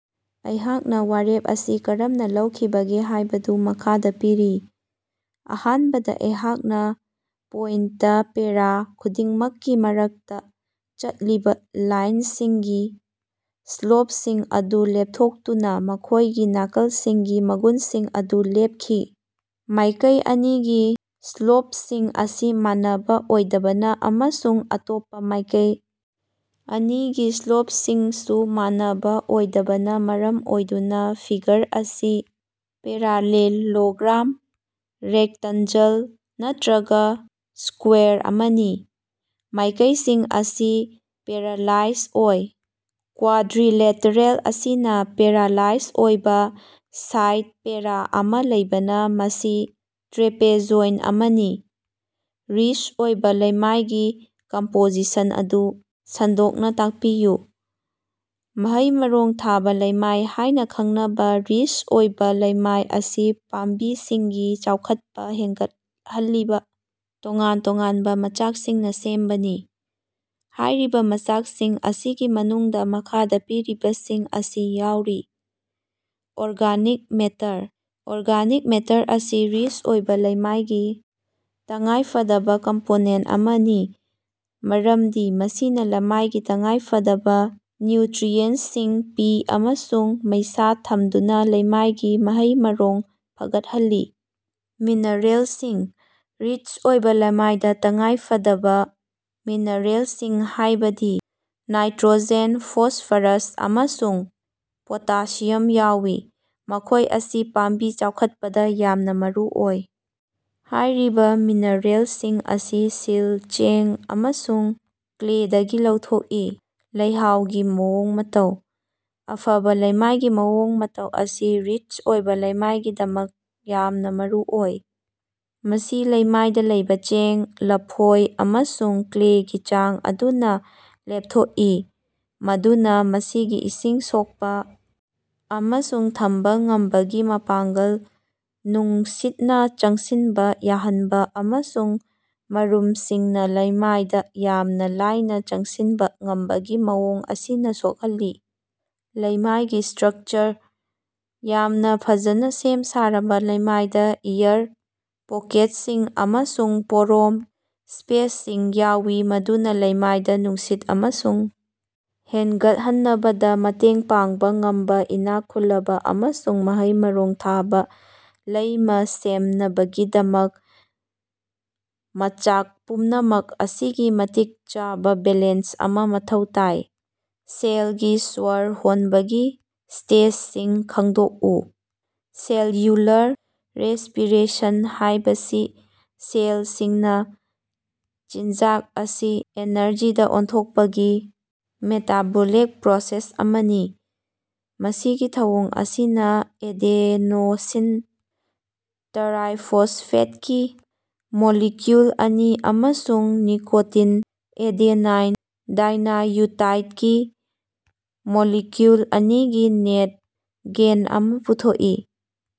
ꯑꯩꯍꯥꯛꯅ ꯋꯥꯔꯦꯞ ꯑꯁꯤ ꯀꯔꯝꯅꯥ ꯂꯥꯛꯈꯤꯕꯒꯦ ꯍꯥꯏꯕꯗꯨ ꯃꯈꯥꯗꯥ ꯄꯤꯔꯤ: ꯑꯍꯥꯟꯕꯗ, ꯑꯩꯍꯥꯛꯅ ꯄꯣꯏꯟꯇ ꯄꯦꯔꯥ ꯈꯨꯗꯤꯡꯃꯛꯀꯤ ꯃꯔꯛꯇ ꯆꯠꯂꯤꯕ ꯂꯥꯏꯟꯁꯤꯡꯒꯤ ꯁ꯭ꯂꯣꯞꯁꯤꯡ ꯑꯗꯨ ꯂꯦꯞꯊꯣꯛꯇꯨꯅ ꯃꯈꯣꯏꯒꯤ ꯅꯥꯀꯜꯁꯤꯡꯒꯤ ꯃꯒꯨꯟꯁꯤꯡ ꯑꯗꯨ ꯂꯦꯞꯈꯤ꯫ ꯃꯥꯏꯀꯩ ꯑꯅꯤꯒꯤ ꯁ꯭ꯂꯣꯞꯁꯤꯡ ꯑꯁꯤ ꯃꯥꯟꯅꯕ ꯑꯣꯏꯗꯕꯅ ꯑꯃꯁꯨꯡ ꯑꯇꯣꯞꯄꯥ ꯃꯥꯏꯀꯩ ꯑꯅꯤꯒꯤ ꯁ꯭ꯂꯣꯞꯁꯤꯡꯁꯨ ꯃꯥꯟꯅꯕ ꯑꯣꯏꯗꯕꯅ ꯃꯔꯝ ꯑꯣꯏꯗꯨꯅ ꯐꯤꯒꯔ ꯑꯁꯤ ꯄꯦꯔꯥꯂꯦꯂꯣꯒ꯭ꯔꯥꯝ, ꯔꯦꯛꯇꯟꯖꯜ ꯅꯠꯇꯔꯒ ꯁ꯭ꯀꯋꯥꯔ ꯑꯃꯅꯤ꯫ ꯃꯥꯏꯀꯩꯁꯤꯡ ꯑꯁꯤ ꯄꯦꯔꯥꯂꯥꯏꯖ ꯑꯣꯏ꯫ ꯀ꯭ꯋꯥꯗ꯭ꯔꯤꯂꯦꯇꯔꯦꯜ ꯑꯁꯤꯅ ꯄꯦꯔꯥꯂꯥꯏꯖ ꯑꯣꯏꯕ ꯁꯥꯏꯗ ꯄꯦꯔꯥ ꯑꯃꯥ ꯂꯩꯕꯅ ꯃꯁꯤ ꯇ꯭ꯔꯦꯄꯦꯖꯣꯏꯟ ꯑꯃꯅꯤ꯫ ꯔꯤꯆ ꯑꯣꯏꯕ ꯂꯩꯃꯥꯏꯒꯤ ꯀꯝꯄꯣꯖꯤꯁꯟ ꯑꯗꯨ ꯁꯟꯗꯣꯛꯅ ꯇꯥꯛꯄꯤꯌꯨ꯫ ꯃꯍꯩ-ꯃꯔꯣꯡ ꯊꯥꯕ ꯂꯩꯃꯥꯏ ꯍꯥꯏꯅ ꯈꯪꯅꯕ ꯔꯤꯆ ꯑꯣꯏꯕ ꯂꯩꯃꯥꯏ ꯑꯁꯤ ꯄꯥꯝꯕꯤꯁꯤꯡꯒꯤ ꯆꯥꯎꯈꯠꯄ ꯍꯦꯟꯒꯠꯍꯜꯂꯤꯕ ꯇꯣꯉꯥꯟ-ꯇꯣꯉꯥꯟꯕ ꯃꯆꯥꯛꯁꯤꯡꯅ ꯁꯦꯝꯕꯅꯤ꯫ ꯍꯥꯏꯔꯤꯕ ꯃꯆꯥꯛꯁꯤꯡ ꯑꯁꯤꯒꯤ ꯃꯅꯨꯡꯗ ꯃꯈꯥꯗ ꯄꯤꯔꯤꯕꯁꯤꯡ ꯑꯁꯤ ꯌꯥꯎꯔꯤ: ꯑꯣꯔꯒꯥꯅꯤꯛ ꯃꯦꯇꯔ: ꯑꯣꯔꯒꯥꯅꯤꯛ ꯃꯦꯇꯔ ꯑꯁꯤ ꯔꯤꯆ ꯑꯣꯏꯕ ꯂꯩꯃꯥꯏꯒꯤ ꯇꯉꯥꯏꯐꯗꯕ ꯀꯝꯄꯣꯅꯦꯟꯇ ꯑꯃꯅꯤ, ꯃꯔꯝꯗꯤ ꯃꯁꯤꯅ ꯂꯃꯥꯏꯗ ꯇꯉꯥꯏꯐꯗꯕ ꯅ꯭ꯌꯨꯇꯔꯤꯑꯦꯟꯇꯁꯤꯡ ꯄꯤ ꯑꯃꯁꯨꯡ ꯃꯩꯁꯥ ꯊꯝꯗꯨꯅ ꯂꯩꯃꯥꯏꯒꯤ ꯃꯍꯩ-ꯃꯔꯣꯡ ꯐꯒꯠꯍꯜꯂꯤ꯫ ꯃꯤꯅꯔꯦꯜꯁꯤꯡ: ꯔꯤꯠꯆ ꯑꯣꯏꯕ ꯂꯃꯥꯏꯗ ꯇꯉꯥꯏꯐꯗꯕ ꯃꯤꯅꯔꯦꯜꯁꯤꯡ, ꯍꯥꯏꯕꯗꯤ ꯅꯥꯏꯇꯔꯣꯖꯦꯟ, ꯐꯣꯁꯐꯔꯁ, ꯑꯃꯁꯨꯡ ꯄꯣꯇꯥꯁꯤꯌꯝ ꯌꯥꯎꯏ, ꯃꯈꯣꯏ ꯑꯁꯤ ꯄꯥꯝꯕꯤ ꯆꯥꯎꯈꯠꯄꯗ ꯌꯥꯝꯅ ꯃꯔꯨꯑꯣꯏ꯫ ꯍꯥꯏꯔꯤꯕ ꯃꯤꯅꯔꯦꯜꯁꯤꯡ ꯑꯁꯤ ꯁꯤꯜ, ꯆꯦꯡ ꯑꯃꯁꯨꯡ ꯀ꯭ꯂꯦꯗꯒꯤ ꯂꯧꯊꯣꯛꯏ꯫ ꯂꯩꯍꯥꯎꯒꯤ ꯃꯑꯣꯡ-ꯃꯇꯧ: ꯑꯐꯕ ꯂꯩꯃꯥꯏꯒꯤ ꯃꯑꯣꯡ-ꯃꯇꯧ ꯑꯁꯤ ꯔꯤꯆ ꯑꯣꯏꯕ ꯂꯩꯃꯥꯏꯒꯤꯗꯃꯛ ꯌꯥꯝꯅ ꯃꯔꯨꯑꯣꯏ꯫ ꯃꯁꯤ ꯂꯩꯃꯥꯏꯗ ꯂꯩꯕ ꯆꯦꯡ, ꯂꯐꯣꯏ ꯑꯃꯁꯨꯡ ꯀ꯭ꯂꯦꯒꯤ ꯆꯥꯡ ꯑꯗꯨꯅ ꯂꯦꯞꯊꯣꯛꯏ, ꯃꯗꯨꯅ ꯃꯁꯤꯒꯤ ꯏꯁꯤꯡ ꯁꯣꯛꯄ ꯑꯃꯁꯨꯡ ꯊꯝꯕ ꯉꯝꯕꯒꯤ ꯃꯄꯥꯡꯒꯜ, ꯅꯨꯡꯁꯤꯠꯅ ꯆꯪꯁꯤꯟꯕ ꯌꯥꯍꯟꯕ, ꯑꯃꯁꯨꯡ ꯃꯔꯨꯝꯁꯤꯡꯅ ꯂꯩꯃꯥꯏꯗ ꯌꯥꯝꯅ ꯂꯥꯏꯅ ꯆꯪꯁꯤꯟꯕ ꯉꯝꯕꯒꯤ ꯃꯑꯣꯡ ꯑꯁꯤꯅ ꯁꯣꯛꯍꯜꯂꯤ꯫ ꯂꯩꯃꯥꯏꯒꯤ ꯁ꯭ꯇꯔꯛꯆꯔ: ꯌꯥꯝꯅ ꯐꯖꯅ ꯁꯦꯝ-ꯁꯥꯔꯕ ꯂꯩꯃꯥꯏꯗꯥ ꯑꯦꯌꯔ ꯄꯣꯀꯦꯠꯁꯤꯡ ꯑꯃꯁꯨꯡ ꯄꯣꯔꯣꯝ ꯁ꯭ꯄꯦꯁꯁꯤꯡ ꯌꯥꯎꯏ ꯃꯗꯨꯅ ꯂꯩꯃꯥꯏꯗ ꯅꯨꯡꯁꯤꯠ ꯑꯃꯁꯨꯡ ꯍꯦꯟꯒꯠꯍꯅꯕꯗ ꯃꯇꯦꯡ ꯄꯥꯡꯕ ꯉꯝꯕ ꯏꯅꯥꯛ ꯈꯨꯜꯂꯕ ꯑꯃꯁꯨꯡ ꯃꯍꯩ-ꯃꯔꯣꯡ ꯊꯥꯕ ꯂꯩꯃꯥꯥ ꯁꯦꯝꯅꯕꯒꯤꯗꯃꯛ ꯃꯆꯥꯛ ꯄꯨꯝꯅꯃꯛ ꯑꯁꯤꯒꯤ ꯃꯇꯤꯛ ꯆꯥꯕ ꯕꯦꯂꯦꯟꯁ ꯑꯃꯥ ꯃꯊꯧ ꯇꯥꯏ꯫ ꯁꯦꯜꯒꯤ ꯁ꯭ꯋꯔ ꯍꯣꯟꯕꯒꯤ ꯁ꯭ꯇꯦꯖꯁꯤꯡ ꯈꯪꯗꯣꯛꯎ꯫ ꯁꯦꯜꯌꯨꯂꯔ ꯔꯦꯁ꯭ꯄꯤꯔꯦꯁꯟ ꯍꯥꯏꯕꯁꯤ ꯁꯦꯜꯁꯤꯡꯅ ꯆꯤꯟꯖꯥꯛ ꯑꯁꯤ ꯑꯦꯅꯔꯖꯤꯗꯥ ꯑꯣꯟꯊꯣꯛꯄꯒꯤ ꯃꯦꯇꯥꯕꯣꯂꯤꯛ ꯄ꯭ꯔꯣꯁꯦꯁ ꯑꯃꯅꯤ꯫ ꯃꯁꯤꯒꯤ ꯊꯧꯑꯣꯡ ꯑꯁꯤꯅꯥ ꯑꯦꯗ‌ꯦꯅ‌ꯣꯁꯤꯟ ꯇꯔꯥꯏꯐ‌ꯣꯁꯐ‌ꯦꯠꯀꯤ ꯃꯣꯂꯤꯀꯌꯨꯜ ꯑꯅꯤ ꯑꯃꯁꯨꯡ ꯅꯤꯀ‌ꯣꯇꯤꯟ ꯑꯦꯗ‌ꯦꯅꯥꯏꯟ ꯗꯥꯏꯅꯌꯨꯇꯥꯏꯠꯒꯤ ꯃꯣꯂꯤꯀꯌꯨꯜ ꯑꯅꯤꯒꯤ ꯅꯦꯠ ꯒꯦꯟ ꯑꯃꯥ ꯄꯨꯊꯣꯛꯏ꯫